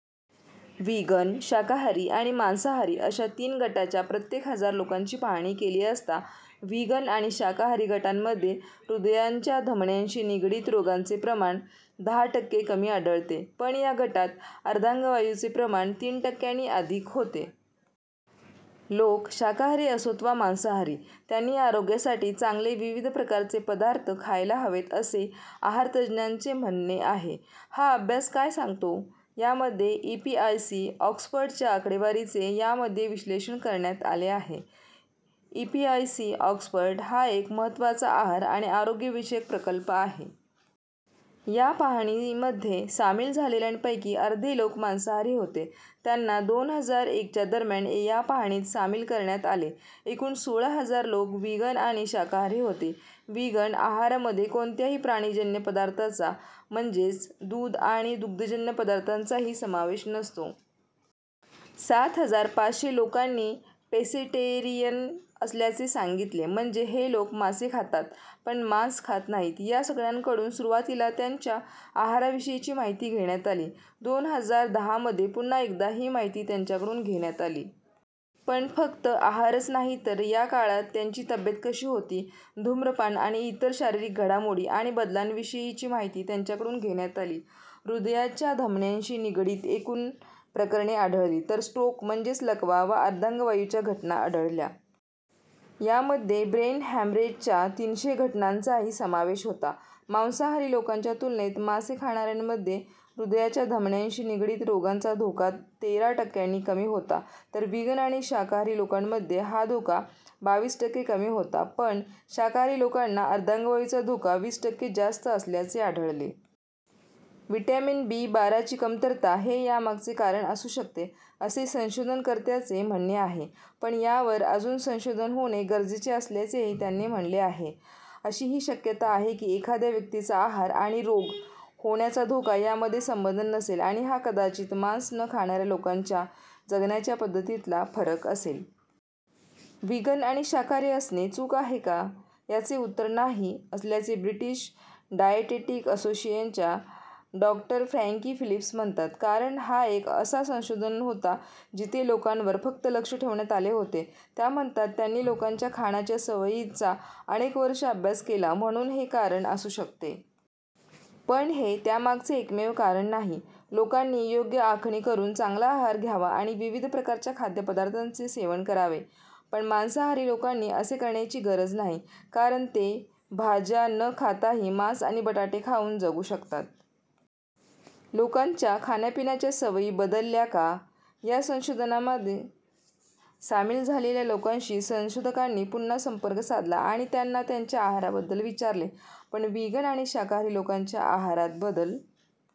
Vegan, शाकाहारी आणि मांसाहारी अशा तीन गटांच्या प्रत्येकी हजार लोकांची पाहणी केली असता व्हिगन आणि शाकाहारी गटांमध्ये हृदयाच्या धमन्यांशी निगडित रोगांचे प्रमाण दहा टक्के कमी आढळले. पण या गटात अर्धांगवायूचे प्रमाण तीन टक्क्यांनी अधिक होते. लोक शाकाहारी असोत वा मांसाहारी त्यांनी आरोग्यासाठी चांगले विविध प्रकारचे पदार्थ खायला हवेत असे आहारतज्ज्ञांचे म्हणणे आहे. हा अभ्यास काय सांगतो? यामध्ये ईपीआयसी-ऑक्सफर्डच्या आकडेवारीचे यामध्ये विश्लेषण करण्यात आले आहे. ईपीआयसी-ऑक्सफर्ड हा एक महत्त्वाचा आहार आणि आरोग्यविषयक प्रकल्प आहे. या पाहणीमध्ये सामील झालेल्यांपैकी अर्धे लोक मांसाहारी होते. त्यांना दोन हजार एकच्या दरम्यान या पाहणीत सामील करण्यात आले. एकूण सोळा हजार लोक व्हिगन आणि शाकाहारी होते. व्हिगन आहारामध्ये कोणत्याही प्राणीजन्य पदार्थांचा म्हणजे दूध आणि दुग्धजन्य पदार्थांचाही समावेश नसतो. सात हजार पाचशे लोकांनी पेसेटेरियन असल्याचे सांगितले. म्हणजे हे लोक मासे खातात पण मांस खात नाहीत. या सगळ्यांकडून सुरवातीला त्यांच्या आहाराविषयीची माहिती घेण्यात आली. दोन हजार दहामध्ये पुन्हा एकदा ही माहिती त्यांच्याकडून घेण्यात आली. पण फक्त आहारच नाही तर या काळात त्यांची तब्येत कशी होती, धूम्रपान आणि इतर शारीरिक घडामोडी आणि बदलांविषयीची माहिती त्यांच्याकडून घेण्यात आली. हृदयाच्या धमन्याशी निगडित एकूण प्रकरणे आढळली. तर स्ट्रोक म्हणजे लकवा वा अर्धांगवायूच्या घटना आढळल्या. यामध्ये ब्रेन हॅमरेजच्या तीनशे घटनांचाही समावेश होता. मांसाहारी लोकांच्या तुलनेत मासे खाणाऱ्यांमध्ये हृदयाच्या धमन्यांशी निगडित रोगांचा धोका तेरा टक्क्यांनी कमी होता. तर व्हिगन आणि शाकाहारी लोकांमध्ये हा धोका बावीस टक्के कमी होता. पण शाकाहारी लोकांना अर्धांगवायूचा धोका वीस टक्के जास्त असल्याचे आढळले. व्हिटॅमिन बी-बाराची कमतरता हे यामागचे कारण असू शकते असे संशोधनकर्त्यांचे म्हणणे आहे. पण यावर अजून संशोधन होणे गरजेचे असल्याचेही त्यांनी म्हटले आहे. अशी ही शक्यता आहे कि एखाद्या व्यक्तीचा आहार आणि रोग होण्याचा धोका यामध्ये संबंध नसेल आणि हा कदाचित मांस न खाणाऱ्या लोकांच्या जगण्याच्या पद्धतींतला फरक असेल. व्हिगन आणि शाकाहारी असणे चूक आहे का? याचे उत्तर 'नाही' असल्याचे ब्रिटिश डाएटेटिक असोसिएशनच्या डॉ. फ्रँकी फिलिप्स म्हणतात. कारण हा एक असा संशोधन होता जिथे लोकांवर फक्त लक्ष ठेवण्यात आले होते. त्या म्हणतात, "त्यांनी लोकांच्या खाण्याच्या सवयींचा अनेक वर्षे अभ्यास केला म्हणून हे एक कारण असू शकते. पण हे त्यामागचे एकमेव कारण नाही." "लोकांनी योग्य आखणी करून चांगला आहार घ्यावा आणि विविध प्रकारच्या खाद्यपदार्थांचे सेवन करावे. पण मांसाहारी लोकांनी असे करण्याची गरज नाही. कारण ते भाज्या न खाताही मांस आणि बटाटे खाऊन जगू शकतात." लोकांच्या खाण्यापिण्याच्या सवयी बदलल्या का? या संशोधनामध्ये सामील झालेल्या लोकांशी संशोधकांनी पुन्हा संपर्क साधला आणि त्यांना त्यांच्या आहाराबद्दल विचारले. पण व्हिगन आणि शाकाहारी लोकांच्या आहारात बदल